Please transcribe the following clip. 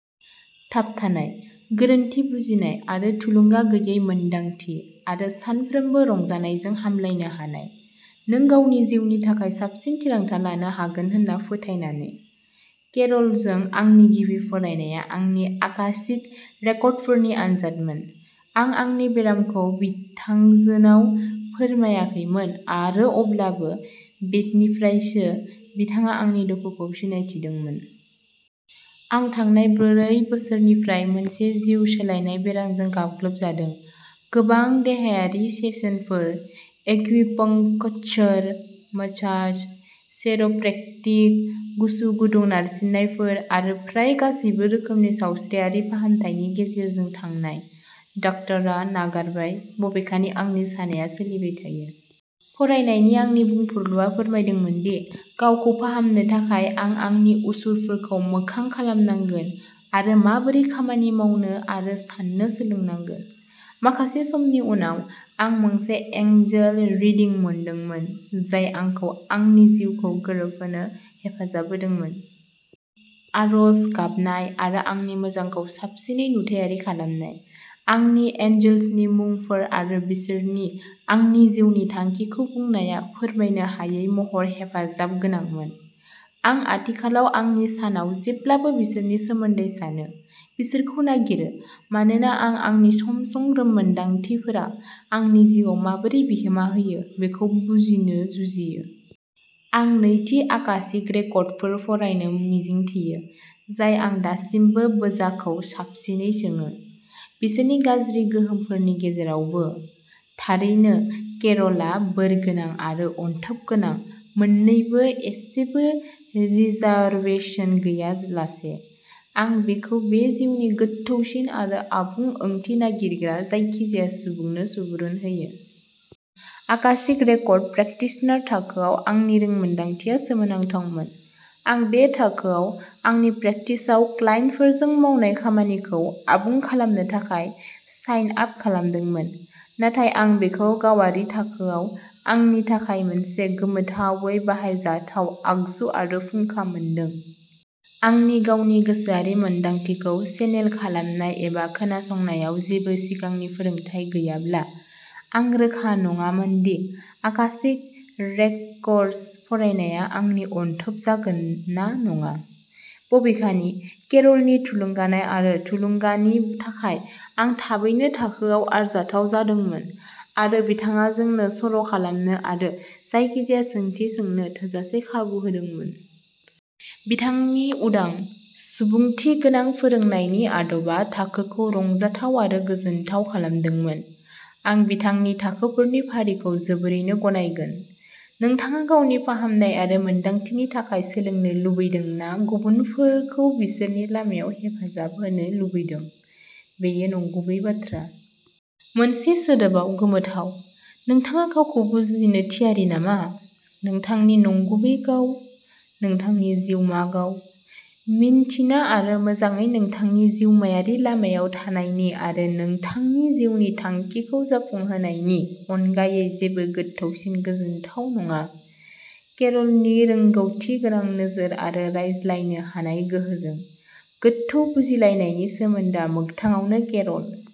थाबथानाय, गोरोन्थि बुजिनाय आरो थुलुंगा गैयै मोन्दांथि आरो सानफ्रोमबो रंजानायजों हामलायनो हानाय, नों गावनि जिउनि थाखाय साबसिन थिरांथा लानो हागोन होन्ना फोथायनानै। केर'लजों आंनि गिबि फरायनाया आंनि आकाशिक रेकर्डफोरनि आनजादमोन। आं आंनि बेरामखौ बिथांजोनाव फोरमायाखैमोन आरो अब्लाबो, बेटनिफ्रायसो, बिथाङा आंनि दुखुखौ सिनायथिदोंमोन। आं थांनाय ब्रै बोसोरनिफ्राय मोनसे जिउ सोलायनाय बेरामजों गाग्लोबजादों, गोबां देहायारि सेसनफोर, एक्युपंक्चर, मसाज, चिर'प्रेक्टिक, गुसु-गुदुं नारसिननायफोर आरो फ्राय गासैबो रोखोमनि सावस्रियारि फाहामथायनि गेजेरजों थांनाय; डाक्ट'रा नागारबाय, बबेखानि आंनि सानाया सोलिबाय थायो। फरायनायनि आंनि बुंफुरलुआ फोरमायदोंमोन दि गावखौ फाहामनो थाखाय आं आंनि असुरफोरखौ मोखां खालामनांगोन आरो माबोरै खामानि मावनो आरो साननो सोलोंनांगोन। माखासे समनि उनाव, आं मोनसे एंजल रिडिं मोनदोंमोन जाय आंखौ आंनि जिउखौ गोरोबहोनो हेफाजाब होदोंमोन। आरज गाबनाय आरो आंनि मोजांखौ साबसिनै नुथायारि खालामनाय। आंनि एन्जेल्सनि मुंफोर आरो बिसोरनि आंनि जिउनि थांखिखौ बुंनाया फोरमायनो हायै महरै हेफाजाबगोनांमोन। आं आथिखालाव आंनि सानाव जेब्लाबो बिसोरनि सोमोन्दै सानो, बिसोरखौ नागिरो, मानोना आं आंनि सम-सम रोंमोनदांथिफोरा आंनि जिउआव माबोरै बिहोमा होयो बेखौ बुजिनो जुजियो। आं नैथि आकाशिक रेकर्डफोर फरायनो मिजिंथियो, जाय आं दासिमबो बोजाखौ साबसिनै सोङो, बिसोरनि गाज्रि गोहोमफोरनि गेजेरावबो। थारैनो, केर'लआ बोरगोनां आरो अनथोबगोनां मोन्नैबो इसेबो रिजार्वेसन गैयालासे, आं बिखौ बे जिउनि गोथौसिन आरो आबुं ओंथि नागिरग्रा जायखिजाया सुबुंनो सुबुरुन होयो। आकाशिक रेकर्ड प्रेकटिशनार थाखोआव आंनि रोंमोनदांथिया सोमोनांथावमोन। आं बे थाखोआव आंनि प्रेकटिसआव क्लाइन्टफोरजों मावनाय खामानिखौ आबुं खालामनो थाखाय साइन आप खालामदोंमोन, नाथाय आं बेखौ गावारि थाखोआव आंनि थाखाय मोनसे गोमोथावै बाहायजाथाव आगजु आरो फुंखा मोनदों। आंनि गावनि गोसोआरि मोनदांथिखौ चेनेल खालामनाय एबा खोनासंनायाव जेबो सिगांनि फोरोंथाय गैयाब्ला, आं रोखा नङामोन दि आकाशिक रेकर्डस फरायनाया आंनि "अनथोब" जागोन ना नङा। बबेखानि, केरलनि थुलुंगानाय आरो थुलुंगानि थाखाय आं थाबैनो थाखोयाव आरजाथाव जादोंमोन, आरो बिथाङा जोंनो सर'खालामनो आरो जायखिजाया सोंथि सोंनो थोजासे खाबु होदोंमोन। बिथांनि उदां, सुबुंथिगोनां फोरोंनायनि आदबआ थाखोखौ रंजाथाव आरो गोजोनथाव खालामदोंमोन। आं बिथांनि थाखोफोरनि फारिखौ जोबोरैनो गनायगोन, नोंथाङा गावनि फाहामनाय आरो मोनदांथिनि थाखाय सोलोंनो लुबैदों ना गुबुनफोरखौ बिसोरनि लामायाव हेफाजाब होनो लुबैदों। बियो नंगुबै बाथ्रा। मोनसे सोदोबआव गोमोथाव। नोंथाङा गावखौ बुजिनो थियारि नामा? नोंथांनि नंगुबै गाव? नोंथांनि जिउमा गाव? मिन्थिना आरो मोजांयै नोंथांनि जिउमायारि लामायाव थानायनि आरो नोंथांनि जिउनि थांखिखौ जाफुंसारहोनायनि अनगायै जेबो गोथौसिन गोजोनथाव नङा। केरलनि रोंग'थिगोनां नोजोर आरो रायज्लायनो हानाय गोहोजों, गोथौ बुजिलायनायनि सोमोन्दोआ मोगथाङावनो केर'ल।